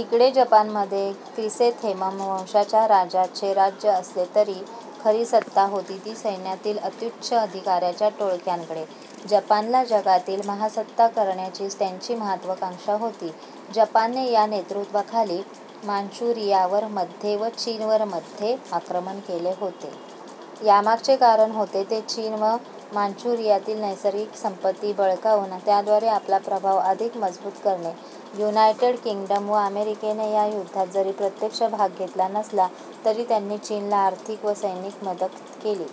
इकडे जपानमध्ये क्रिसॅंथेमम वंशाच्या राजांचे राज्य असले तरी खरी सत्ता होती ती सैन्यातील अत्त्युच्च अधिकाऱ्यांच्या टोळक्याकडे. जपानला जगातील महासत्ता करण्याची त्यांची महत्त्वाकांक्षा होती. जपानने या नेतृत्वाखाली मांचुरियावर मध्ये व चीनवर मध्ये आक्रमण केले होते. यामागचे कारण होते ते चीन व मांचुरियातील नैसर्गिक संपत्ती बळकावून त्याद्वारे आपला प्रभाव अधिक मजबूत करणे. युनायटेड किंग्डम व अमेरिकेने या युद्धात जरी प्रत्यक्ष भाग घेतला नसला तरी त्यांनी चीनला आर्थिक व सैनिकी मदत केली.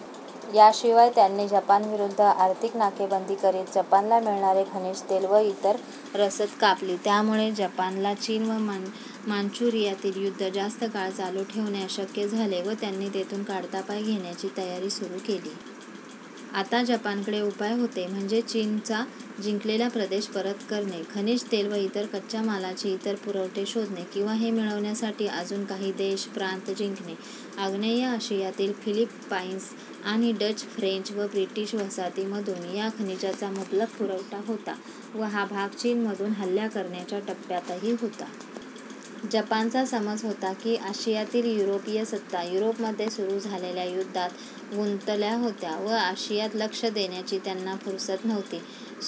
याशिवाय त्यांनी जपानविरुद्ध आर्थिक नाकेबंदी करीत जपानला मिळणारे खनिज तेल व इतर रसद कापली. यामुळे जपानला चीन व मांचुरियातील युद्ध जास्त काळ चालू ठेवणे अशक्य झाले व त्यांनी तेथून काढता पाय घेण्याची तयारी सुरू केली. आता जपानकडे उपाय होते म्हणजे चीनचा जिंकलेला प्रदेश परत करणे, खनिज तेल व इतर कच्च्या मालाची इतर पुरवठे शोधणे किंवा हे मिळवण्यासाठी अजून काही देश/प्रांत जिंकणे. आग्नेय आशियातील फिलिपाईन्स आणि डच, फ्रेंच व ब्रिटिश वसाहतींमधून या खनिजांचा मुबलक पुरवठा होता व हा भाग चीनमधून हल्ला करण्याच्या टप्प्यातही होता. जपानचा समज होता की आशियातील युरोपीय सत्ता युरोपमध्ये सुरू झालेल्या युद्धात गुंतल्या होत्या व आशियात लक्ष देण्याची त्यांना फुरसत नव्हती.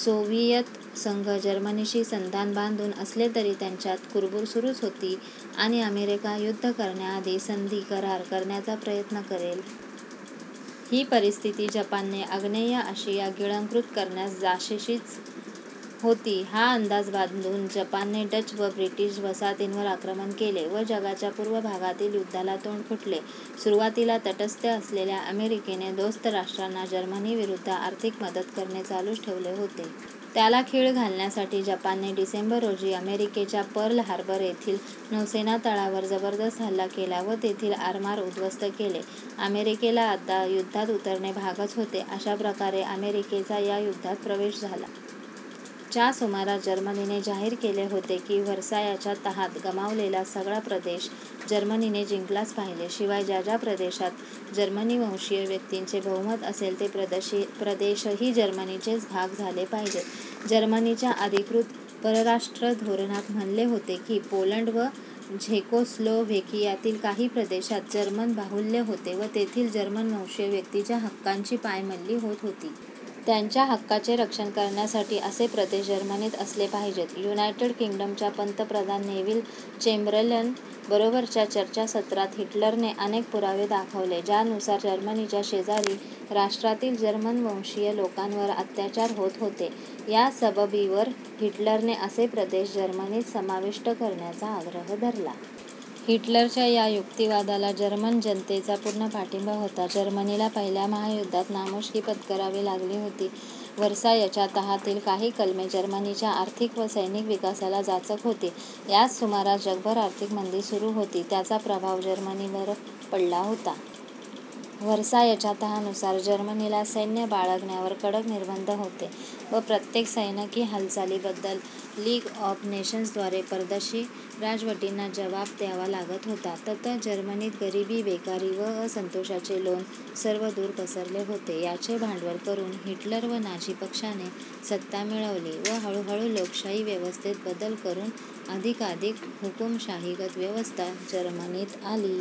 सोव्हिएत संघ जर्मनीशी संधान बांधून असले तरी त्यांच्यात कुरबुर सुरूच होती आणि अमेरिका युद्ध करण्याआधी संधी/करार करण्याचा प्रयत्न करेल. ही परिस्थिती जपानने आग्नेय आशिया गिळंकृत करण्यास साजेशीच होती. हा अंदाज बांधून जपानने डच व ब्रिटिश वसाहतींवर आक्रमण केले व जगाच्या पूर्व भागातील युद्धाला तोंड फुटले. सुरुवातीला तटस्थ असलेल्या अमेरिकेने दोस्त राष्ट्रांना जर्मनीविरुद्ध आर्थिक मदत करणे चालूच ठेवले होते. त्याला खीळ घालण्यासाठी जपानने डिसेंबर, रोजी अमेरिकेच्या पर्ल हार्बर येथील नौसेना तळावर जबरदस्त हल्ला केला व तेथील आरमार उद्ध्वस्त केले. अमेरिकेला आता युद्धात उतरणे भागच होते. अशा प्रकारे अमेरिकेचा या युद्धात प्रवेश झाला. च्या सुमारास जर्मनीने जाहीर केले होते की व्हर्सायच्या तहात गमावलेला सगळा प्रदेश जर्मनीने जिंकलाच पाहिजे. शिवाय, ज्या ज्या प्रदेशात जर्मनवंशीय व्यक्तींचे बहुमत असेल, ते प्रदेशही जर्मनीचेच भाग झाले पाहिजेत. जर्मनीच्या अधिकृत परराष्ट्र धोरणात म्हणले होते की पोलंड व झेकोस्लोव्हेकियातील काही प्रदेशात जर्मन बाहुल्य होते व तेथील जर्मनवंशीय व्यक्तींच्या हक्कांची पायमल्ली होत होती. त्यांच्या हक्कांचे रक्षण करण्यासाठी असे प्रदेश जर्मनीत असले पाहिजेत. युनायटेड किंग्डमच्या पंतप्रधान नेव्हिल चेम्बरलेन बरोबरच्या चर्चासत्रात हिटलरने अनेक पुरावे दाखवले ज्यानुसार जर्मनीच्या शेजारी राष्ट्रातील जर्मनवंशीय लोकांवर अत्याचार होत होते. या सबबीवर हिटलरने असे प्रदेश जर्मनीत समाविष्ट करण्याचा आग्रह धरला. हिटलरच्या या युक्तिवादाला जर्मन जनतेचा पूर्ण पाठिंबा होता. जर्मनीला पहिल्या महायुद्धात नामुष्की पत्करावी लागली होती. व्हर्सायच्या तहातील काही कलमे जर्मनीच्या आर्थिक व सैनिकी विकासाला जाचक होती. याच सुमारास जगभर आर्थिक मंदी सुरू होती, त्याचा प्रभाव जर्मनीवरही पडला होता. व्हर्सायच्या तहानुसार जर्मनीला सैन्य बाळगण्यावर कडक निर्बंध होते व प्रत्येक सैनिकी हालचालीबद्दल लीग ऑफ नेशन्स द्वारे परदेशी राजवटींना जबाब द्यावा लागत होता. ततः जर्मनीत गरीबी, बेकारी व असंतोषाचे लोण सर्वदूर पसरलेले होते. याचे भांडवल करून हिटलर व नाझी पक्षाने सत्ता मिळवली व हळूहळू लोकशाही व्यवस्थेत बदल करून अधिकाधिक हुकुमशाहीगत व्यवस्था जर्मनीत आली.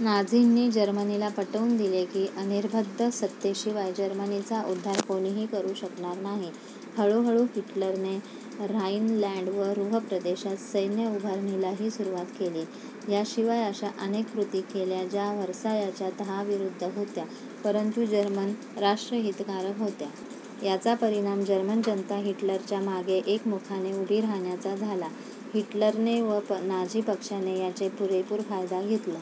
नाझींनी जर्मनीला पटवून दिले की अनिर्बंध सत्तेशिवाय जर्मनीचा उद्धार कोणीही करू शकणार नाही. हळूहळू हिटलरने ऱ्हाइनलॅंड व रुह्र प्रदेशात सैन्य उभारणीलाही सुरुवात केली. याशिवाय अश्या अनेक कृती केल्या ज्या व्हर्सायच्या तहाविरुद्ध होत्या परंतु जर्मन राष्ट्रहितकारक होत्या. याचा परिणाम जर्मन जनता हिटलरच्या मागे एकमुखाने उभी राहण्याचा झाला. हिटलर व नाझी पक्षाने याचे पूरेपूर फायदा घेतला.